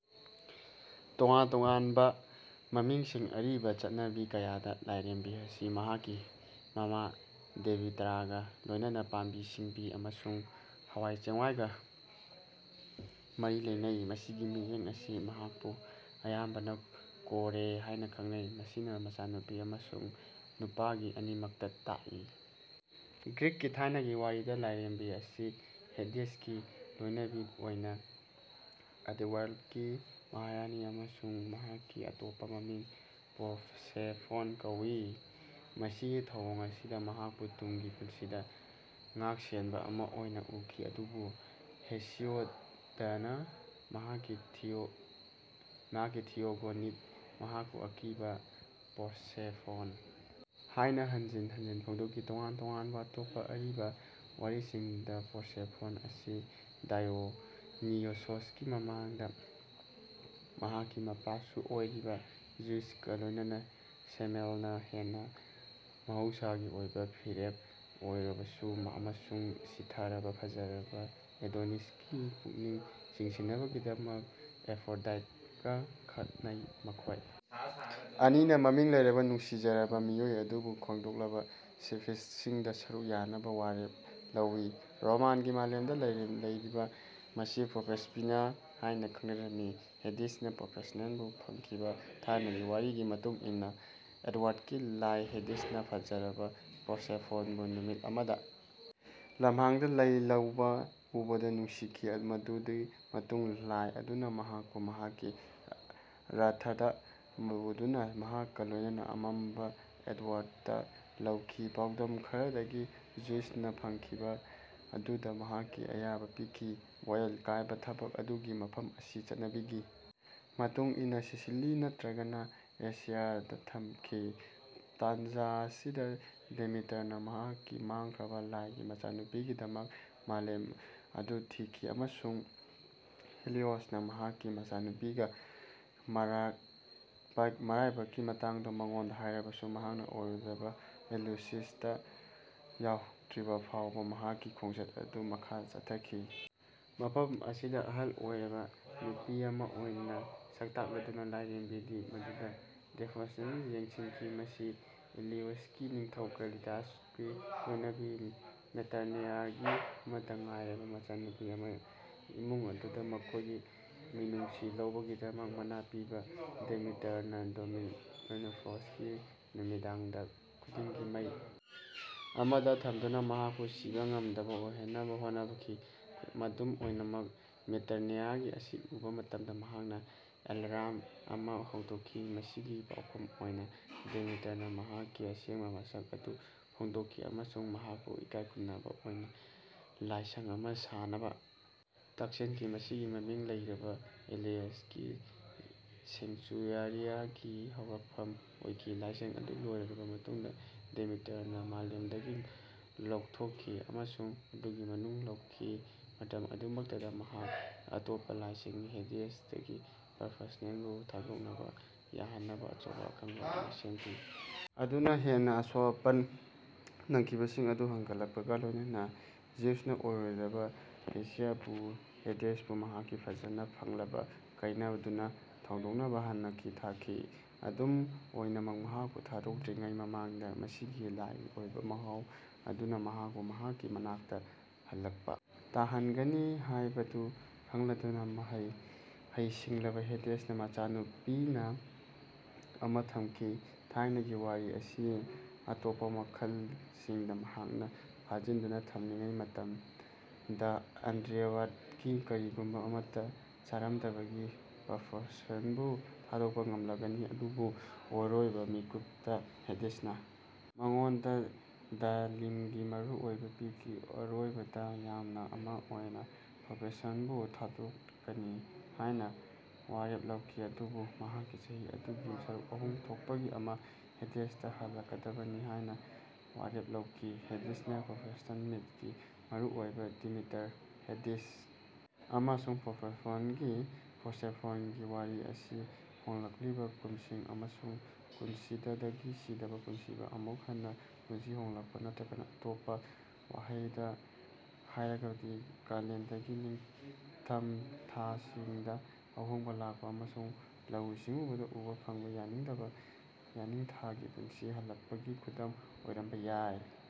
ꯇꯣꯉꯥꯟ ꯇꯣꯉꯥꯟꯕ ꯃꯃꯤꯡꯁꯤꯡ ꯑꯔꯤꯕ ꯆꯠꯅꯕꯤ ꯀꯌꯥꯗ ꯂꯥꯏꯔꯦꯝꯕꯤ ꯑꯁꯤ ꯃꯍꯥꯛꯀꯤ ꯃꯃꯥ ꯗꯦꯃꯤꯇꯔꯒ ꯂꯣꯏꯅꯅ ꯄꯥꯝꯕꯤ ꯁꯤꯡꯕꯤ ꯑꯃꯁꯨꯡ ꯍꯋꯥꯏ ꯆꯦꯡꯋꯥꯏꯒ ꯃꯔꯤ ꯂꯩꯅꯩ꯫ ꯃꯁꯤꯒꯤ ꯃꯤꯠꯌꯦꯡ ꯑꯁꯤꯗ ꯃꯍꯥꯛꯄꯨ ꯑꯌꯥꯝꯕꯅ ꯀꯣꯔꯦ ꯍꯥꯏꯅ ꯈꯪꯅꯩ ꯃꯁꯤꯅ ꯃꯆꯥꯅꯨꯄꯤ ꯑꯃꯁꯨꯡ ꯅꯨꯄꯤ ꯑꯅꯤꯃꯛ ꯇꯥꯛꯏ꯫ ꯒ꯭ꯔꯤꯛꯀꯤ ꯊꯥꯏꯅꯒꯤ ꯋꯥꯔꯤꯗ ꯂꯥꯏꯔꯦꯝꯕꯤ ꯑꯁꯤ ꯍꯦꯗꯤꯁꯀꯤ ꯂꯣꯏꯅꯕꯤ ꯑꯣꯏꯅ ꯑꯟꯗꯔꯋ꯭ꯥꯔꯜꯗꯀꯤ ꯃꯍꯥꯔꯥꯅꯤ ꯑꯃꯁꯨꯡ ꯃꯍꯥꯛꯀꯤ ꯑꯇꯣꯞꯄ ꯃꯃꯤꯡ ꯄꯔꯁꯦꯐꯣꯟ ꯀꯧꯋꯤ꯫ ꯃꯁꯤꯒꯤ ꯊꯧꯑꯣꯡ ꯑꯁꯤꯗ ꯃꯍꯥꯛꯄꯨ ꯇꯨꯡꯒꯤ ꯄꯨꯟꯁꯤꯗ ꯉꯥꯛꯁꯦꯟꯕ ꯑꯃ ꯑꯣꯏꯅ ꯎꯈꯤ ꯑꯗꯨꯕꯨ ꯍꯦꯁꯤꯌꯣꯗꯅ ꯃꯍꯥꯛꯀꯤ ꯊꯤꯌꯣ ꯃꯍꯥꯛꯀꯤ ꯊꯤꯌꯣꯒꯣꯅꯤꯗ ꯃꯍꯥꯛꯄꯨ ꯑꯀꯤꯕ ꯄꯔꯁꯦꯐꯣꯟ ꯍꯥꯏꯅ ꯍꯟꯖꯤꯟ ꯍꯟꯖꯤꯟ ꯐꯣꯡꯗꯣꯛꯈꯤ꯫ ꯇꯣꯉꯥꯟ ꯇꯣꯉꯥꯟꯕ ꯑꯇꯣꯞꯄ ꯑꯔꯤꯕ ꯋꯥꯔꯤꯁꯤꯡꯗ ꯄꯔꯁꯦꯐꯣꯟ ꯑꯁꯤ ꯗꯥꯏꯑꯣꯅꯤꯁꯣꯁꯀꯤ ꯃꯃꯥꯅꯤ ꯃꯍꯥꯛꯀꯤ ꯃꯄꯥꯁꯨ ꯑꯣꯏꯔꯤꯕ ꯖꯤꯎꯁꯀ ꯂꯣꯏꯅꯅ ꯁꯦꯃꯦꯜꯅ ꯍꯦꯟꯅ ꯃꯍꯧꯁꯥꯒꯤ ꯑꯣꯏꯕ ꯃꯤꯔꯦꯞ ꯑꯣꯏꯔꯕꯁꯨ ꯑꯃꯁꯨꯡ ꯁꯥꯊꯤꯔꯕ ꯐꯖꯔꯕ ꯑꯦꯗꯣꯅꯤꯁꯀꯤ ꯄꯨꯛꯅꯤꯡ ꯆꯤꯡꯁꯤꯟꯅꯕꯒꯤꯗꯃꯛ ꯑꯦꯐ꯭ꯔꯣꯗꯥꯏꯠꯀ ꯈꯠꯅꯩ ꯃꯈꯣꯏ ꯑꯅꯤꯅ ꯃꯃꯤꯡ ꯂꯩꯔꯕ ꯅꯨꯡꯁꯤꯖꯔꯕ ꯃꯤꯑꯣꯏ ꯑꯗꯨꯕꯨ ꯈꯥꯏꯗꯣꯛꯂꯕ ꯁꯤꯐ꯭ꯠꯁꯤꯡꯗ ꯁꯔꯨꯛ ꯌꯥꯅꯕ ꯋꯥꯔꯦꯞ ꯂꯧꯋꯤ꯫ ꯔꯣꯃꯥꯟꯒꯤ ꯃꯥꯂꯦꯝꯗ ꯂꯥꯏꯔꯦꯝꯕꯤ ꯑꯁꯤ ꯄ꯭ꯔꯣꯁꯔꯄꯤꯅꯥ ꯍꯥꯏꯅ ꯈꯪꯅꯔꯝꯃꯤ꯫ ꯍꯦꯗꯤꯁꯅ ꯄꯔꯁꯦꯐꯣꯟꯕꯨ ꯐꯥꯈꯤꯕ ꯊꯥꯏꯅꯒꯤ ꯋꯥꯔꯤꯒꯤ ꯃꯇꯨꯡ ꯏꯟꯅ ꯑꯟꯗꯔꯋ꯭ꯥꯔꯜꯗꯀꯤ ꯂꯥꯏ ꯍꯦꯗꯤꯁꯅ ꯐꯖꯔꯕ ꯄꯔꯁꯦꯐꯣꯟꯕꯨ ꯅꯨꯃꯤꯠ ꯑꯃꯗ ꯂꯝꯍꯥꯡꯗ ꯂꯩ ꯂꯧꯕ ꯎꯕꯗ ꯅꯨꯡꯁꯤꯈꯤ꯫ ꯃꯗꯨꯒꯤ ꯃꯇꯨꯡꯗ ꯂꯥꯏ ꯑꯗꯨꯅ ꯃꯍꯥꯛꯄꯨ ꯃꯍꯥꯛꯀꯤ ꯔꯊꯇ ꯄꯨꯗꯨꯅ ꯃꯍꯥꯛꯀ ꯂꯣꯏꯅꯅ ꯑꯃꯝꯕ ꯑꯟꯗꯔꯋ꯭ꯥꯔꯜꯗꯇ ꯂꯩꯈꯤ꯫ ꯄꯥꯎꯗꯝ ꯈꯔꯗꯗꯤ ꯖꯤꯎꯁꯅ ꯐꯥꯈꯤꯕ ꯑꯗꯨꯗ ꯃꯍꯥꯛꯀꯤ ꯑꯌꯥꯕ ꯄꯤꯈꯤ ꯋꯥꯌꯦꯜ ꯀꯥꯏꯕ ꯊꯕꯛ ꯑꯗꯨꯒꯤ ꯃꯐꯝ ꯑꯁꯤ ꯆꯠꯅꯕꯤꯒꯤ ꯃꯇꯨꯡ ꯏꯟꯅ ꯁꯤꯁꯤꯂꯤ ꯅꯠꯇ꯭ꯔꯒ ꯑꯦꯁꯤꯌꯥꯗ ꯊꯝꯈꯤ꯫ ꯇꯥꯟꯖ ꯑꯁꯤꯗ ꯗꯦꯃꯤꯇꯔꯅ ꯃꯍꯥꯛꯀꯤ ꯃꯥꯡꯈ꯭ꯔꯕ ꯂꯥꯏꯒꯤ ꯃꯆꯥꯅꯨꯄꯤꯒꯤꯗꯃꯛ ꯃꯥꯂꯦꯝ ꯑꯗꯨ ꯊꯤꯈꯤ ꯑꯃꯁꯨꯡ ꯍꯦꯂꯤꯑꯣꯁꯅ ꯃꯍꯥꯛꯀꯤ ꯃꯆꯥꯅꯨꯄꯤꯒꯤ ꯃꯔꯛ ꯃꯔꯥꯏꯕꯛꯀꯤ ꯃꯇꯥꯡꯗ ꯃꯉꯣꯟꯗ ꯍꯥꯏꯔꯕꯁꯨ ꯃꯍꯥꯛꯅ ꯑꯔꯣꯏꯕꯗ ꯏꯂꯨꯁꯤꯁꯇ ꯌꯧꯗ꯭ꯔꯤꯐꯥꯎꯕ ꯃꯍꯥꯛꯀꯤ ꯈꯣꯡꯆꯠ ꯑꯗꯨ ꯃꯈꯥ ꯆꯠꯊꯈꯤ꯫ ꯃꯐꯝ ꯑꯁꯤꯗ ꯑꯍꯜ ꯑꯣꯏꯔꯕ ꯅꯨꯄꯤ ꯑꯃ ꯑꯣꯏꯅ ꯁꯛꯇꯥꯛꯂꯗꯨꯅ ꯂꯥꯏꯔꯦꯝꯕꯤ ꯑꯗꯨꯅ ꯗꯦꯃꯣꯐꯣꯟ ꯌꯦꯡꯁꯤꯟꯈꯤ ꯃꯁꯤ ꯑꯦꯂꯤꯎꯁꯤꯁꯀꯤ ꯅꯤꯡꯊꯧ ꯀꯦꯂꯤꯑꯣꯁꯀꯤ ꯂꯣꯏꯅꯕꯤ ꯃꯦꯇꯥꯅꯦꯔꯥꯒꯤ ꯑꯃꯠꯇ ꯉꯥꯏꯔꯕ ꯃꯆꯥꯅꯨꯄꯥꯅꯤ꯫ ꯏꯃꯨꯡ ꯑꯗꯨꯗ ꯃꯈꯣꯏꯒꯤ ꯃꯤꯅꯨꯡꯁꯤ ꯂꯩꯕꯒꯤꯗꯃꯛ ꯃꯅꯥ ꯄꯤꯅꯕ ꯗꯦꯃꯤꯇꯔꯅ ꯗꯦꯃꯣꯐꯣꯟꯕꯨ ꯅꯨꯃꯤꯗꯥꯡ ꯈꯨꯗꯤꯡꯒꯤ ꯃꯩ ꯑꯃꯗ ꯊꯝꯗꯨꯅ ꯃꯍꯥꯛꯄꯨ ꯁꯤꯕ ꯉꯝꯗꯕ ꯑꯣꯏꯍꯟꯅꯕ ꯍꯣꯠꯅꯈꯤ꯫ ꯃ ꯗꯨꯝ ꯑꯣꯏꯅꯃꯛ ꯃꯦꯇꯥꯅꯦꯔꯥꯅ ꯃꯁꯤ ꯎꯕ ꯃꯇꯝꯗ ꯃꯍꯥꯛꯅ ꯑꯦꯂꯥꯔ꯭ꯝ ꯑꯃ ꯍꯧꯗꯣꯛꯈꯤ꯫ ꯃꯁꯤꯒꯤ ꯄꯥꯎꯈꯨꯝ ꯑꯣꯏꯅ ꯗꯦꯃꯤꯇꯔꯅ ꯃꯍꯥꯛꯀꯤ ꯑꯁꯦꯡꯕ ꯃꯁꯛ ꯑꯗꯨ ꯐꯣꯡꯗꯣꯛꯈꯤ ꯑꯃꯁꯨꯡ ꯃꯍꯥꯛꯄꯨ ꯏꯀꯥꯏꯈꯨꯝꯅꯕ ꯑꯣꯏꯅ ꯂꯥꯏꯁꯪ ꯑꯃ ꯁꯥꯅꯕ ꯇꯛꯁꯤꯟꯈꯤ꯫ ꯃꯁꯤ ꯃꯃꯤꯡ ꯂꯩꯔꯕ ꯑꯦꯂꯤꯎꯁꯤꯁꯀꯤ ꯁꯦꯡꯆꯨꯑꯔꯤꯒꯤ ꯍꯧꯔꯛꯐꯝ ꯑꯣꯏꯈꯤ꯫ ꯂꯥꯏꯁꯪ ꯑꯗꯨ ꯂꯣꯏꯔꯕ ꯃꯇꯨꯡꯗ ꯗꯦꯃꯤꯇꯔꯅ ꯃꯥꯂꯦꯝꯗꯒꯤ ꯂꯧꯊꯣꯛꯈꯤ ꯑꯃꯁꯨꯡ ꯃꯗꯨꯒꯤ ꯃꯅꯨꯡꯗ ꯂꯩꯈꯤ ꯃꯇꯝ ꯑꯗꯨꯃꯛꯇꯗ ꯃꯍꯥꯛꯅ ꯑꯇꯣꯞꯄ ꯂꯥꯏꯁꯤꯡꯕꯨ ꯍꯦꯗꯤꯁꯇꯒꯤ ꯄꯔꯁꯦꯐꯣꯟꯕꯨ ꯊꯥꯗꯣꯛꯅꯕ ꯌꯥꯍꯟꯅꯕ ꯑꯆꯧꯕ ꯏꯀꯪ ꯑꯃ ꯁꯦꯝꯈꯤ꯫ ꯏꯀꯪ ꯑꯗꯨꯅ ꯍꯦꯟꯅ ꯑꯁꯣꯛ ꯑꯄꯟ ꯅꯪꯈꯤꯕꯁꯤꯡ ꯑꯗꯨ ꯍꯦꯟꯒꯠꯂꯛꯄꯒ ꯂꯣꯏꯅꯅ ꯖꯤꯎꯁꯅ ꯑꯔꯣꯏꯕꯗ ꯍꯦꯔꯤꯌꯁꯄꯨ ꯍꯦꯗꯤꯁꯄꯨ ꯃꯍꯥꯛꯀꯤ ꯐꯖꯅ ꯐꯪꯂꯕ ꯀꯩꯅꯥꯕꯨ ꯊꯥꯗꯣꯛꯅꯕ ꯍꯥꯏꯖꯅꯕ ꯊꯥꯈꯤ꯫ ꯑꯗꯨꯝ ꯑꯣꯏꯅꯃꯛ ꯃꯍꯥꯛꯄꯨ ꯊꯥꯗꯣꯛꯇ꯭ꯔꯤꯉꯩ ꯃꯃꯥꯡꯗ ꯃꯁꯤꯒꯤ ꯂꯥꯏꯒꯤ ꯑꯣꯏꯕ ꯃꯍꯥꯎ ꯑꯗꯨꯅ ꯃꯍꯥꯛꯄꯨ ꯃꯍꯥꯛꯀꯤ ꯃꯅꯥꯛꯇ ꯍꯜꯂꯛꯄ ꯇꯥꯍꯟꯒꯅꯤ ꯍꯥꯏꯕꯗꯨ ꯈꯡꯂꯗꯨꯅ ꯃꯍꯩ ꯍꯩ ꯁꯤꯡꯂꯕ ꯍꯦꯗꯤꯁꯅ ꯅꯨꯄꯤꯃꯆꯥ ꯑꯗꯨꯒꯤ ꯃꯆꯤꯟꯗ ꯗꯥꯂꯤꯝꯒꯤ ꯀꯔꯅꯦꯜ ꯑꯃ ꯊꯝꯈꯤ꯫ ꯊꯥꯏꯅꯒꯤ ꯋꯥꯔꯤ ꯑꯁꯤꯒꯤ ꯑꯇꯣꯞꯄ ꯃꯈꯜꯁꯤꯡꯗ ꯃꯍꯥꯛꯅ ꯐꯥꯖꯤꯟꯗꯨꯅ ꯊꯝꯂꯤꯉꯩ ꯃꯇꯝꯗ ꯑꯟꯗꯔꯋ꯭ꯥꯔꯜꯗꯇ ꯀꯔꯤꯒꯨꯝꯕ ꯑꯃꯠꯇ ꯆꯥꯔꯝꯗ꯭ꯔꯕꯗꯤ ꯄꯔꯁꯦꯐꯣꯟꯕꯨ ꯊꯥꯗꯣꯛꯄ ꯉꯝꯂꯝꯒꯅꯤ ꯑꯗꯨꯕꯨ ꯑꯔꯣꯏꯕ ꯃꯤꯀꯨꯞꯇ ꯍꯦꯗꯤꯁꯅ ꯃꯉꯣꯟꯗ ꯗꯥꯂꯤꯝꯒꯤ ꯃꯔꯨ ꯑꯃ ꯄꯤꯈꯤ꯫ ꯑꯔꯣꯏꯕꯗ ꯌꯥꯅꯕ ꯑꯃ ꯑꯣꯏꯅ ꯄꯔꯁꯦꯐꯣꯟꯕꯨ ꯊꯥꯗꯣꯛꯀꯅꯤ ꯍꯥꯏꯅ ꯋꯥꯔꯦꯞ ꯂꯧꯈꯤ ꯑꯗꯨꯕꯨ ꯃꯍꯥꯛꯅ ꯆꯍꯤ ꯑꯗꯨꯒꯤ ꯁꯔꯨꯛ ꯑꯍꯨꯝ ꯊꯣꯛꯄꯒꯤ ꯑꯃ ꯍꯦꯗꯤꯁꯇ ꯍꯜꯂꯛꯀꯗꯕꯅꯤ ꯍꯥꯏꯅ ꯋꯥꯔꯦꯞ ꯂꯧꯈꯤ꯫ ꯍꯦꯗꯤꯁ ꯄꯔꯁꯦꯐꯣꯟ ꯃꯤꯊꯀꯤ ꯃꯔꯨꯑꯣꯏꯕ ꯗꯦꯃꯤꯇꯔ ꯍꯦꯗꯤꯁ ꯑꯃꯁꯨꯡ ꯄꯔꯁꯦꯐꯣꯟꯒꯤ ꯋꯥꯔꯤ ꯑꯁꯤ ꯍꯣꯡꯂꯛꯂꯤꯕ ꯀꯨꯝꯁꯤꯡ ꯑꯃꯁꯨꯡ ꯄꯨꯟꯁꯤꯗꯒꯤ ꯁꯤꯕꯗ ꯄꯨꯟꯁꯤꯗ ꯑꯃꯨꯛ ꯍꯟꯅ ꯄꯨꯟꯁꯤ ꯍꯣꯡꯂꯛꯄ ꯅꯠꯇ꯭ꯔꯒ ꯑꯇꯣꯞꯄ ꯋꯥꯍꯩꯗ ꯍꯥꯏꯔꯕꯗꯤ ꯀꯥꯂꯦꯟꯗꯒꯤ ꯅꯤꯡꯊꯝ ꯊꯥꯁꯤꯡꯗ ꯑꯍꯣꯡꯕ ꯂꯥꯛꯄ ꯑꯃꯁꯨꯡ ꯂꯧꯎ ꯁꯤꯡꯎꯗ ꯎꯕ ꯐꯪꯕ ꯌꯦꯅꯤꯡꯊꯥꯗ ꯄꯨꯟꯁꯤ ꯍꯜꯂꯛꯄꯒꯤ ꯈꯨꯗꯝ ꯑꯣꯏꯔꯝꯕ ꯌꯥꯏ ꯫